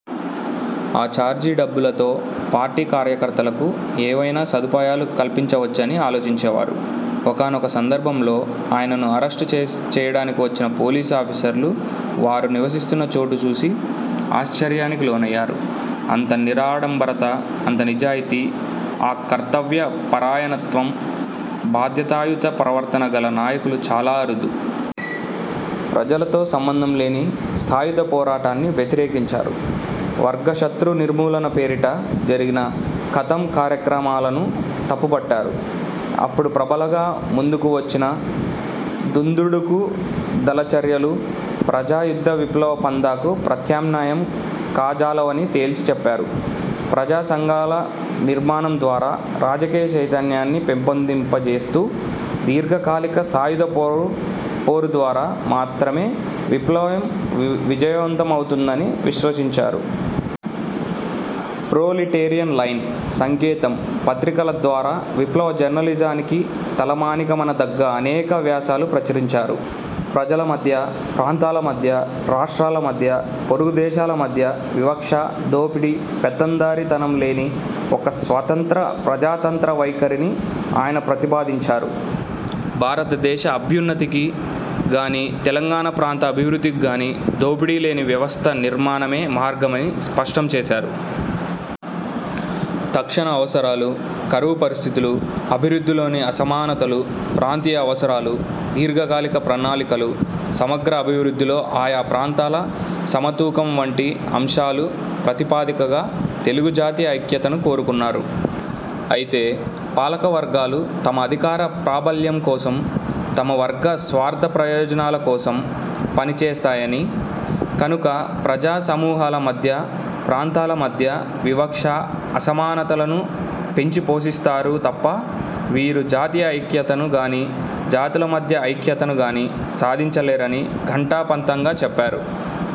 ఆ ఛార్జీ డబ్బులతో పార్టీ కార్యకర్తలకు ఏవైనా సదుపాయాలు కల్పించవచ్చని ఆలోచించేవారు. ఒకానొక సందర్భంలో ఆయనను అరెస్టు చేయడానికి వచ్చిన పోలీసు ఆఫీసర్లు వారు నివసిస్తున్న చోటుచూసి ఆశ్చర్యానికి లోనయ్యారు. అంత నిరాడంబరత, అంత నిజాయితీ, ఆ కర్తవ్య పరాయణత్వం, బాధ్యతాయుత ప్రవర్తన గల నాయకులు చాలా అరుదు. ప్రజలతో సంబంధంలేని సాయుధ పోరాటాన్ని వ్యతిరేకించారు. వర్గశతృ నిర్మూలన పేరిట జరిగిన 'ఖతం' కార్యక్రమాలను తప్పుపట్టారు. అప్పుడు ప్రబలంగా ముందుకు వచ్చిన దుందుడుకు దళ చర్యలు ప్రజాయుద్ధ విప్లవ పంథాకు ప్రత్యామ్నాయం కాజాలవని తేల్చి చెప్పారు. ప్రజాసంఘాల నిర్మాణం ద్వారా రాజకీయ చైతన్యాన్ని పెంపొందింప చేస్తూ, దీర్ఘకాలిక సాయుధ పోరు ద్వారా మాత్రమే విప్లవం విజయవంతం అవుతుందని విశ్వసించారు. ప్రొలిటేరియన్ లైన్, సంకేతం పత్రికల ద్వారా విప్లవ జర్నలిజానికి తలమానికమనదగ్గ అనేక వ్యాసాలు ప్రచురించారు. ప్రజలమధ్య, ప్రాంతాలమధ్య, రాష్ట్రాల మధ్య, పొరుగుదేశాల మధ్య వివక్ష, దోపిడీ, పెత్తందారీ తనం లేని ఒక స్వతంత్ర ప్రజాతంత్ర వైఖరిని ఆయన ప్రతిపాదించారు. భారత దేశ అభ్యున్నతికి గానీ తెలంగాణ ప్రాంత అభివృద్ధికి గానీ దోపిడీ లేని వ్యవస్థ నిర్మాణమే మార్గమని స్పష్టం చేసారు. తక్షణ అవసరాలు, కరువు పరిస్థితులు, అభివృద్ధిలోని అసమానతలు, ప్రాంతీయ అవసరాలు, దీర్ఘకాలిక ప్రణాళికలు, సమగ్ర అభివృద్ధిలో ఆయా ప్రాంతాల సమతూకం వంటి అంశాలు ప్రాతిపదికగా తెలుగుజాతి ఐక్యతను కోరుకున్నారు. అయితే పాలకవర్గాలు తమ అధికార ప్రాబల్యం కోసం, తమ వర్గ స్వార్ధ ప్రయోజనాల కోసం పనిచేస్తాయని, కనుక ప్రజా సమూహాల మధ్య, ప్రాంతాల మధ్య వివక్ష, అసమానతలను పెంచిపోషిస్తారు తప్ప వీరు జాతీయ ఐక్యతను గానీ, జాతుల మధ్య ఐక్యతను గానీ సాధించలేరని ఘంటాపథంగా చెప్పారు.